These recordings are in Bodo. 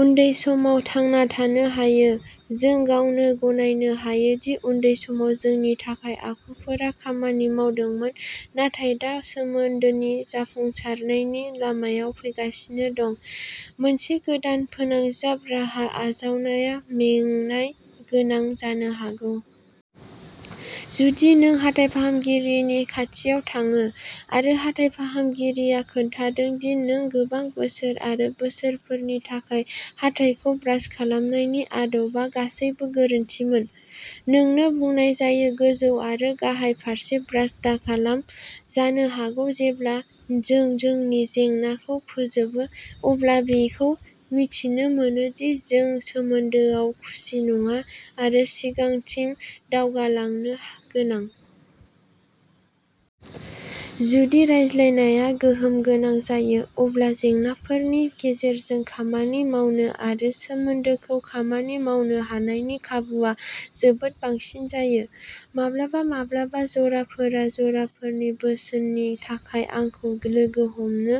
उन्दै समाव थांना थानो हायो। जों गावनो गनायनो हायो दि उन्दै समाव जोंनि थाखाय आखुफोरा खामानि मावदोंमोन नाथाय दा सोमोन्दोनि जाफुंसारनायनि लामायाव फैगासिनो दं। मोनसे गोदान फोनांजाब राहा आजावनाया मेंनाय गोनां जानो हागौ। जुदि नों हाथाइ फाहामगिरिनि खाथियाव थाङो आरो हाथाइ फाहामगिरिया खोन्थादों दि नों गोबां बोसोर आरो बोसोरफोरनि थाखाय हाथाइखौ ब्रास खालामनायनि आदबआ गासैबो गोरोन्थिमोन। नोंनो बुंनाय जायो गोजौ आरो गाहाय फारसे ब्रास दाखालाम जानो हागौ जेब्ला जों जोंनि जेंनाखौ फोजोबो अब्ला बेखौ मिथिनो मोनो दि जों सोमोन्दोआव खुसि नङा आरो सिगांथिं दावगालांनो गोनां। जुदि रायज्लायनाया गोहोम गोनां जायो, अब्ला जेंनाफोरनि गेजेरजों खामानि मावनो आरो सोमोन्दोखौ खामानि मावनो हानायनि खाबुआ जोबोद बांसिन जायो। माब्लाबा माब्लाबा जराफोरा जराफोरनि बोसोननि थाखाय आंखौ लोगो हमनो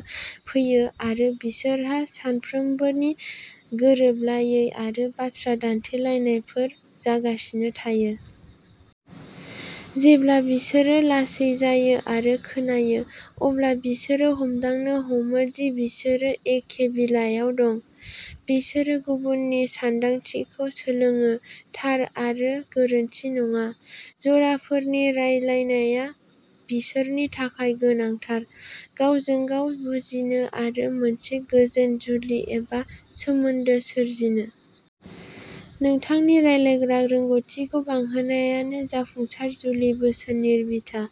फैयो आरो बिसोरहा सानफ्रोमबोनि गोरोबलायै आरो बाथ्रा दान्थेलायनायफोर जागासिनो थायो। जेब्ला बिसोरो लासै जायो आरो खोनायो, अब्ला बिसोरो हमदांनो हमो दि बिसोरो एखे बिलायाव दं। बिसोरो गुबुन नि सानदांथिखौ सोलोङो, थार आरो गोरोन्थि नङा। जराफोरनि रायलायनाया बिसोरनि थाखाय गोनांथार, गावजों गाव बुजिनो आरो मोनसे गोजोन जुलि एबा सोमोन्दो सोरजिनो। नोंथांनि रायलायग्रा रोंग'थिखौ बांहोनायानो जाफुंसार जुलि बोसोननि बिथा।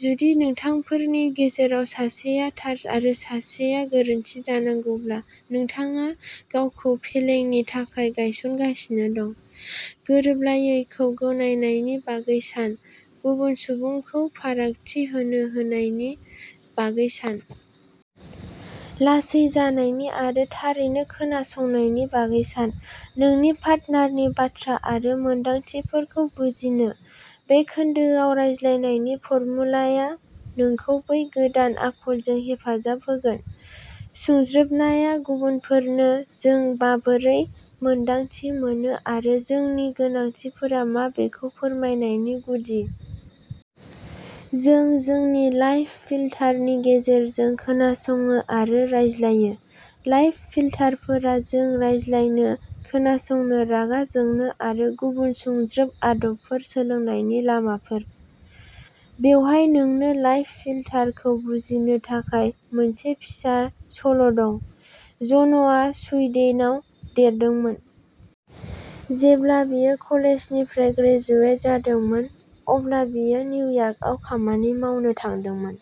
जुदि नोंथांफोरनि गेजेराव सासेया थार आरो सासेया गोरोन्थि जानांगौब्ला नोंथाङा गावखौ फेलेंनि थाखाय गायसनगासिनो दं। गोरोबलायैखौ गनायनायनि बागै सान। गुबुन सुबुंखौ फारागथि होनो होनायनि बागै सान। लासै जानायनि आरो थारैनो खोनासंनायनि बागै सान। नोंनि पार्टनारनि बाथ्रा आरो मोन्दांथिफोरखौ बुजिनो। बे खोन्दोआव रायज्लायनायनि फर्मुलाया नोंखौ बै गोदान आखलजों हेफाजाब होगोन। सुंज्रोबनाया गुबुनफोरनो जों बाबोरै मोन्दांथि मोनो आरो जोंनि गोनांथिफोरा मा बेखौ फोरमायनायनि गुदि। जों जोंनि लाइफ फिल्टार नि गेजेरजों खोनासङो आरो रायज्लायो। लाइफ फिल्टारफोरा जों रायज्लायनो, खोनासंनो, रागा जोंनो आरो गुबुन सुंज्रोब आदबफोर सोलोंनायनि लामाफोर। बेवहाय नोंनो लाइफ फिल्टार खौ बुजिनो थाखाय मोनसे फिसा सल'दं। जनआ सुइडेनाव देरदोंमोन। जेब्ला बियो कलेजनिफ्राय ग्रेजुवेट जादोंमोन, अब्ला बियो निउयार्कआव खामानि मावनो थांदोंमोन।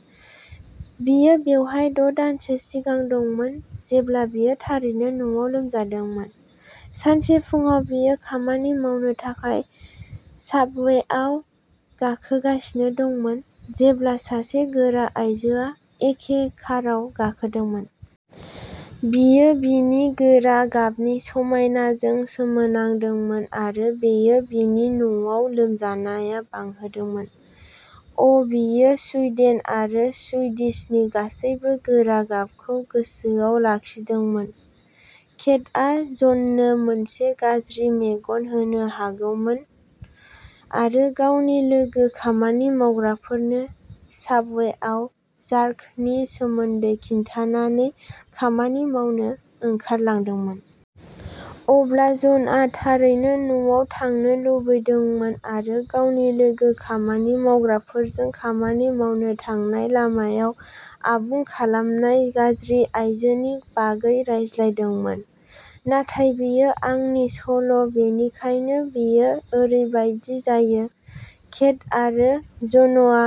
बियो बेवहाय द'दानसो सिगां दंमोन जेब्ला बियो थारैनो न'आव लोमजादोंमोन। सानसे फुंआव बियो खामानि मावनो थाखाय साबवेआव गाखोगासिनो दंमोन जेब्ला सासे गोरा आयजोआ एखे काराव गाखोदोंमोन। बियो बिनि गोरा गाबनि समायनाजों सोमोनांदोंमोन आरो बेयो बिनि न'आव लोमजानाया बांहोदोंमोन। अ'बियो सुइडेन आरो सुइडिशनि गासैबो गोरा गाबखौ गोसोआव लाखिदोंमोन। केटआ जननो मोनसे गाज्रि मेगन होनो हागौमोन आरो गावनि लोगो खामानि मावग्राफोरनो साबवेआव जार्क नि सोमोन्दै खिन्थानानै खामानि मावनो ओंखारलांदोंमोन। अब्ला जनआ थारैनो न'आव थांनो लुबैदोंमोन आरो गावनि लोगो खामानि मावग्राफोरजों खामानि मावनो थांनाय लामायाव आबुं खालामनाय गाज्रि आइजोनि बागै रायज्लायदोंमोन। नाथाय बेयो आंनि सल' बेनिखायनो बेयो ओरैबायदि जायो। केट आरो जनआ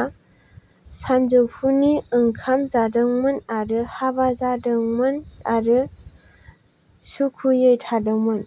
सानजौफुनि ओंखाम जादोंमोन आरो हाबा जादोंमोन आरो सुखुयै थादोंमोन।